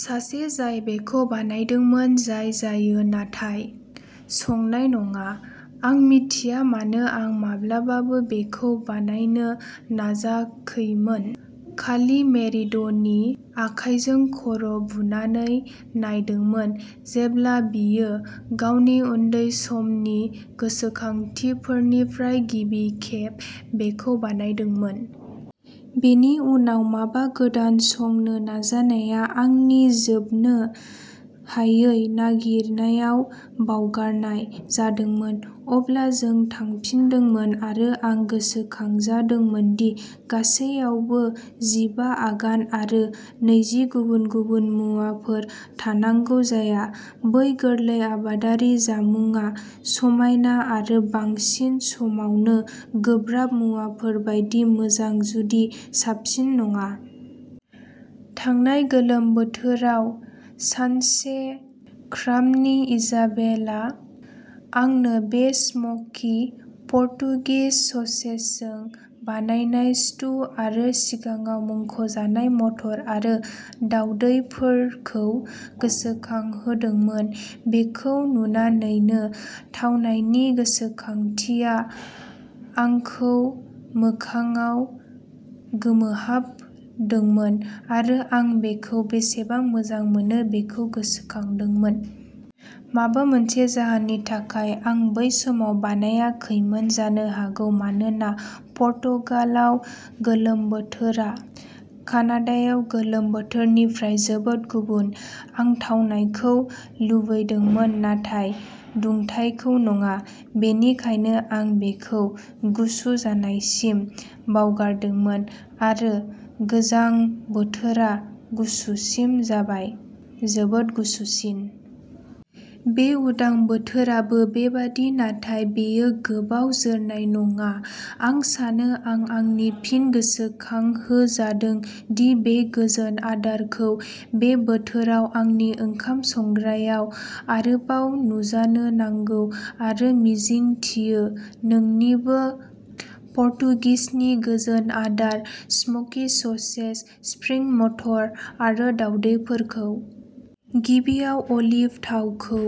सासे जाय बेखौ बानायदोंमोन, जाय जायो नाथाय संनाय नङा। आं मिथिया मानो आं माब्लाबाबो बेखौ बानायनो नाजाखैमोन, खालि मेरिड'नि आखाइजों खर' बुनानै नायदोंमोन जेब्ला बियो गावनि उन्दै समनि गोसोखांथिफोरनिफ्राय गिबि खेब बेखौ बानायदोंमोन। बेनि उनाव माबा गोदान संनो नाजानाया आंनि जोबनो हायै नागिरनायाव बावगारनाय जादोंमोन। अब्ला जों थांफिनदोंमोन आरो आं गोसोखांजादोंमोन दि गासैयावबो जिबा आगान आरो नैजि गुबुन-गुबुन मुवाफोर थानांगौ जाया। बै गोरलै आबादारि जामुंआ समायना आरो बांसिन समावनो गोब्राब मुवाफोर बायदि मोजां, जुदि साबसिन नङा। थांनाय गोलोम बोथोराव सानसे, क्राम्बनि इजाबेला, आंनो बे स्मोकी पर्तुगिस ससेजजों बानायनाय स्टु आरो सिगाङाव मुंख'जानाय मटर आरो दावदैफोरखौ गोसोखांहोदोंमोन। बेखौ नुनानैनो थावनायनि गोसोखांथिया आंखौ मोखांआव गोमोहाबदोंमोन आरो आं बेखौ बेसेबां मोजां मोनो बेखौ गोसोखांदोंमोन। माबा मोनसे जाहोननि थाखाय आं बै समाव बानायाखैमोन। जानो हागौ मानोना पर्तुगालाव गोलोम बोथोरा कानाडायाव गोलोम बोथोरनिफ्राय जोबोद गुबुन। आं थावनायखौ लुबैदोंमोन, नाथाय दुंथाइखौ नङा, बेनिखायनो आं बेखौ गुसु जानायसिम बावगारदोंमोन। आरो गोजां बोथोरा गुसुसिन जाबाय, जोबोद गुसुसिन। बे उदां बोथोराबो बेबादि, नाथाय बेयो गोबाव जोरनाय नङा आं सानो आरो आं फिन गोसोखांहोजादों दि बे गोजोन आदारखौ बे बोथोराव आंनि ओंखाम संग्रायाव आरोबाव नुजानो नांगौ आरो मिजिंथियो नोंनिबो। पर्तुगिसनि गोजोन आदार स्मोकी ससेज, स्प्रिं मटर आरो दावदैफोरखौ। गिबियाव अलिभ थावखौ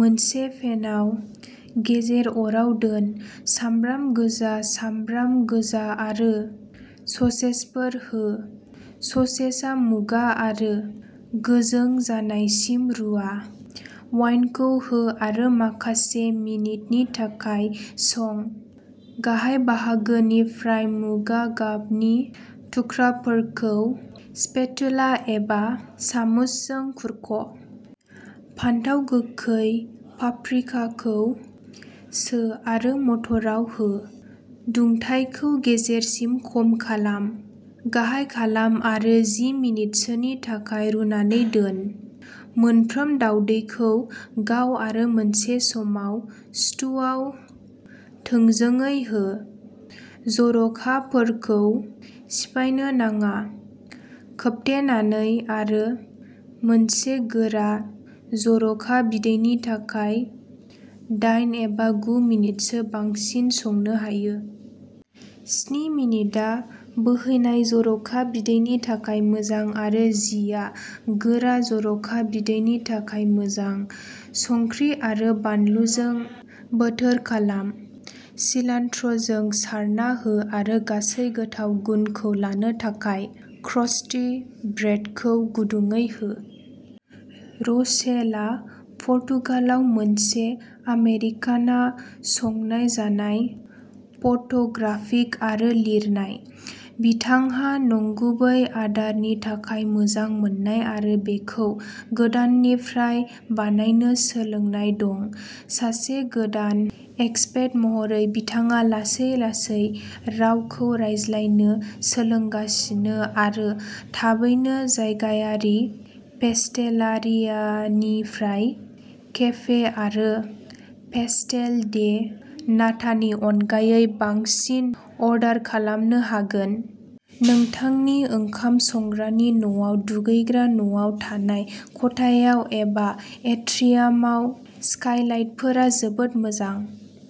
मोनसे पेनआव गेजेर अराव दोन। सामब्राम गोजा, सामब्राम गोजा आरो ससेजफोर हो। ससेजआ मुगा आरो गोजों जानायसिम रुवा। वाइनखौ हो आरो माखासे मिनिटनि थाखाय सं, गाहाय बाहागोनिफ्राय मुगा गाबनि थुख्राफोरखौ स्पेटुला एबा सामुसजों खुरख'। फानथाव गोखै, पाप्रिकाखौ सो आरो मटराव हो। दुंथायखौ गेजेरसिम खम खालाम। गाहाय खालाम आरो जि मिनिटसोनि थाखाय रुनानै दोन। मोनफ्रोम दावदैखौ गाव आरो मोनसे समाव स्टुआव थोंजोङै हो, जर'खाफोरखौ सिफायनो नाङा। खोबथेनानै आरो मोनसे गोरा जर'खा बिदैनि थाखाय दाइन एबा गु मिनिटसो बांसिन संनो हो। स्नि मिनिटआ बोहैनाय जर'खा बिदैनि थाखाय मोजां आरो जि आ गोरा जर'खा बिदैनि थाखाय मोजां। संख्रि आरो बानलुजों बोथोर खालाम। सिलान्ट्र'जों सारना हो आरो गासै गोथाव गुनखौ लानो थाखाय क्रस्टि ब्रेडखौ गुदुंयै हो। र'शेलआ पर्तुगालाव मोनसे आमेरिकाना संनाय, जानाय, फट'ग्राफिक आरो लिरनाय। बिथांहा नंगुबै आदारनि थाखाय मोजां मोननाय आरो बेखौ गोदाननिफ्राय बानायनो सोलोंनाय दं। सासे गोदान एक्सपेट महरै बिथाङा लासै-लासै रावखौ रायज्लायनो सोलोंगासिनो आरो थाबैनो जायगायारि पेस्टेलारियानिफ्राय केफे आरो पेस्टेल डे नाटानि अनगायै बांसिन अर्डार खालामनो हागोन। नोंथांनि ओंखाम संग्रानि न'आव, दुगैग्रा न'आव, थानाय खथायाव, एबा एट्रियामाव, स्काइलाइटफोरा जोबोद मोजां।